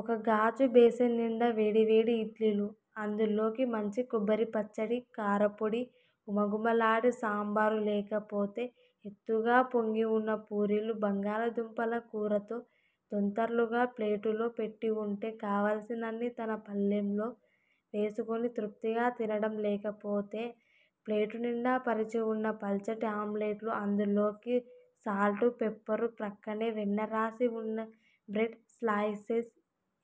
ఒకగాజు basin నిండా వేడివేడి ఇడ్లీలు, అందులోకి మంచి కొబ్బరిపచ్చడి, కారప్పొడి, ఘుమఘుమలాడే సాంబారు లేకపోతే ఎత్తుగా పొంగివున్న పూరీలు, బంగాళాదుంపల కూరతో దొంతర్లుగా ప్లేటులో పెట్టివుంటే కావలసినన్ని తన పళ్ళెంలో వేసుకుని తృప్తిగా తినడం లేకపోతే ప్లేటునిండా పరచివున్న పల్చటి ఆమ్లెట్లు, అందులోకి సాల్టు పెప్పరు ప్రక్కనే వెన్నరాసి వున్న బ్రెడ్ స్లయిసెస్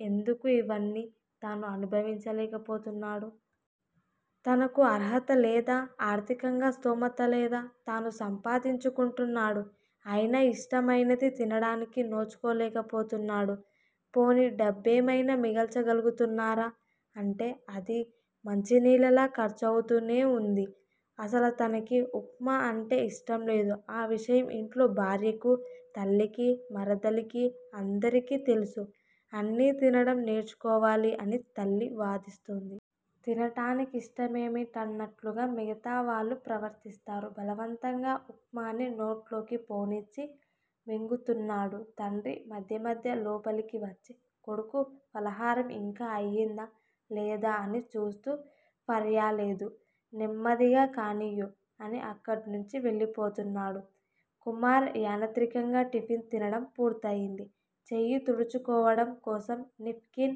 ఎందుకు ఇవన్నీ తను అనుభవించలేకపోతున్నాడు? తనకు అర్హతలేదా? ఆర్ధికంగా స్తోమతలేదా? తను సంపాదించుకుంటున్నాడు. అయినా ఇష్టమైనది తినడానికి నోచుకోలేకపోతున్నాడు పోనీ డబ్బేమయినా మిగల్చగలుగుతున్నారా అంటే అది మంచినీళ్ళలా ఖర్చవుతూనే వుంది. అసలతానికి ఉప్మా అంటే ఇష్టంలేదు ఆ విషయం ఇంట్లో భార్యకూ తల్లికీ, మరధలికీ అందరికీ తెలుసు. అన్నీ తినడం నేర్చుకోవాలి అని తల్లి వాదిస్తుంది. తినటానికి ఇష్టమేమిటన్నట్లుగా మిగతావాళ్ళు ప్రవర్తిస్తారు. బలవంతంగా ఉప్మాని నోట్లోకి పోనిచ్చి మింగుతున్నాడు. తండ్రి మధ్య మధ్య లోపలికి వచ్చి కొడుకు ఫలహారం ఇంకా అయిందా లేదా అని చూస్తూ ఫర్యాలేదు, నెమ్మదిగా కానియు' అని అక్కడ్నుంచి వెళ్ళిపోతున్నాడు. కుమార్ యనత్రికంగా టిఫిన్ తినడం పూర్తయింది. చెయ్యి తుడుచుకోవటం కోసం నేప్ కిన్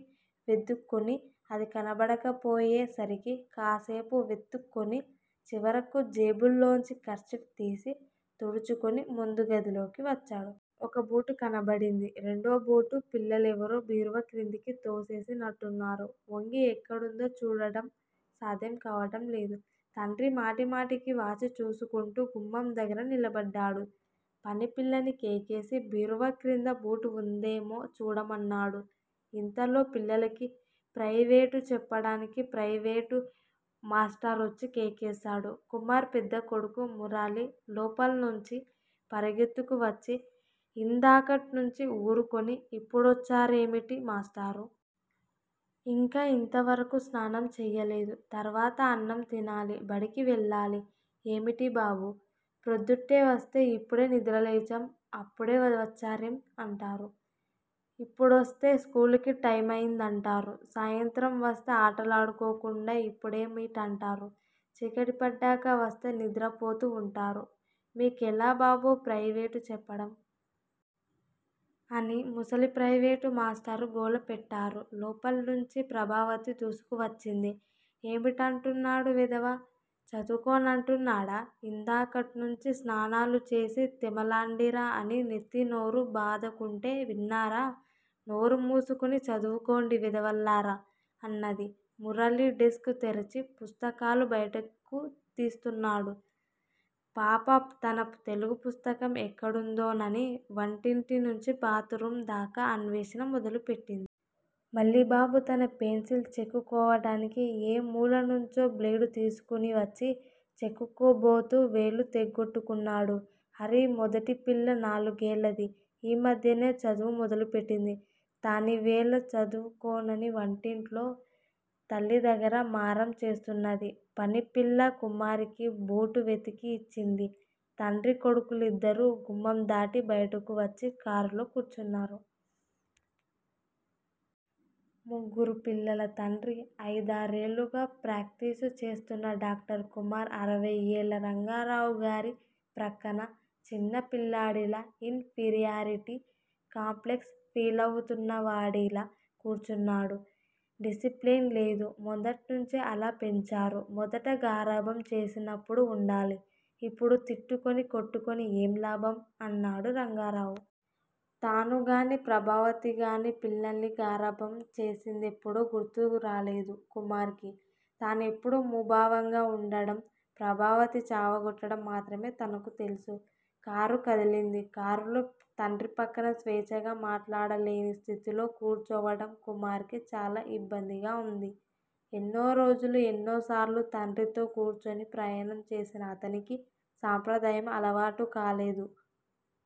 వెదుక్కుని, అది కనబడకపోయే సరికి కాసేపు వెతుక్కుని, చివరకు జేబులోంచి కర్చీఫ్ తీసి తుడుచుకుని ముందుగదిలోకి వచ్చాడు. ఒక బూటు కనబడింది. రెండో బూటు పిల్లలెవరో బీరువాక్రిందికి తోసేసి నట్టున్నారు ఒంగి ఎక్కడుందో చూడటం సాధ్యం కావటంలేదు. తండ్రి మాటిమాటికీ వాచీ చూసుకుంటూ గుమ్మందగ్గర నిలబడ్డాడు. పనిపిల్లని కేకేసి బీరువాక్రింద బూటువుందేమో చూడమన్నాడు. ఇంతలో పిల్లలకి ప్రయివేటు చెప్పడానికి ప్రయివేటు మాష్టారొచ్చి కేకేశాడు. కుమార్ పెద్దకొడుకు మురళి లోపల్నుంచి పరిగెత్తుకువచ్చి 'ఇందాకట్నుంచీ ఊరుకుని, ఇప్పుడొచ్చారేమిటి మాష్టారూ! ఇంకా ఇంతవరకూ స్నానం చేయలేదు, తర్వాత అన్నం తినాలి, బడికి వెళ్ళాలి ఏమిటి బాబూ? ప్రొద్దుటే వస్తే ఇప్పుడే నిద్రలేచాం. అప్పుడే వచ్చారేం? అంటారు. ఇప్పుడొస్తే స్కూలుకు టైమయిందంటారు. సాయంత్రం వస్తే ఆటలాడుకోకుండా ఇప్పుడేమిటంటారు. చీకటిపడ్డాక వస్తే నిద్రపోతూ వుంటారు. మీకెలా బాబూ ప్రయివేటు చెప్పడం? ' అని ముసలి ప్రయివేటు మాష్టారు గోలపెట్టారు. లోపల్నుంచి ప్రభావతి దూసుకువచ్చింది. ఏమిటంటున్నాడు వెధవ? చదువుకోనంటున్నాడా? ఇందాకట్నుంచీ స్నానాలుచేసి తెమలండిరా అని నెత్తీనోరూ బాదుకుంటే విన్నారా? నోరు మూసుకుని చదువుకోండి వెధవల్లారా! అన్నది. మురళి డెస్క్ తెరచి పుస్తకాలు బయటకు తీస్తున్నాడు. పాప తన తెలుగుపుస్తకం ఎక్కడుందోనని వంటింటినుంచి బాత్ రూమ్ దాకా అన్వేషణ మొదలుపెట్టింది. మల్లిబాబు తన పెన్సిల్ చెక్కుకోవటానికి ఏ మూలనుంచో బ్లేడు తీసుకునివచ్చి, చెక్కుకోబోతూ వేలు తెగ్గొట్టుకున్నాడు. హరి మొదటిపిల్ల నాలుగేళ్ళది. ఈ మధ్యనే చదువు మొదలుపెట్టింది. తానీవేళ చదువుకోనని వంటింట్లో తల్లిదగ్గర మారాం చేస్తున్నది. పనిపిల్ల కుమార్ కి బూటు వెతికి ఇచ్చింది. తండ్రీకొడుకులిద్దరూ గుమ్మందాటి బయటకు వచ్చి కారులో కూర్చున్నారు. ముగ్గురు పిల్లల తండ్రి. అయిదారేళ్ళుగా ప్రాక్టీసు చేస్తున్న డాక్టర్ కుమార్ అరవైఏళ్ల రంగారావుగారి ప్రక్కన చిన్నపిల్లాడిలా ఇన్ ఫీరియారిటీ కాంప్లెక్స్ ఫీలవుతున్నవాడిలా కూర్చున్నాడు. డిసిప్లెన్ లేదు. మొదట్నుంచీ అలా పెంచారు. మొదట గారాబం చేసినప్పుడు ఉండాలి. ఇప్పుడు తిట్టుకుని, కొట్టుకుని ఏం లాభం? అన్నాడు రంగారావుగారు. తానుగానీ, ప్రభావతిగానీ పిల్లల్ని గారాబం చేసిందెప్పుడో గుర్తురాలేదు కుమార్ కి. తనెప్పుడూ ముభావంగా వుండడం, ప్రభావతి చావగొట్టడం మాత్రమే తనకు తెలుసు. కారు కదిలింది. కారులో తండ్రిప్రక్కన స్వేచ్చగా మాట్లాడలేని స్థితిలో కూర్చోవటం కుమార్ కి చాలా ఇబ్బందిగా వుంది. ఎన్నోరోజులు, ఎన్నోసార్లు తండ్రితో కూర్చుని ప్రయాణం చేసినా అతనికి సాంప్రదాయం అలవాటుకాలేదు.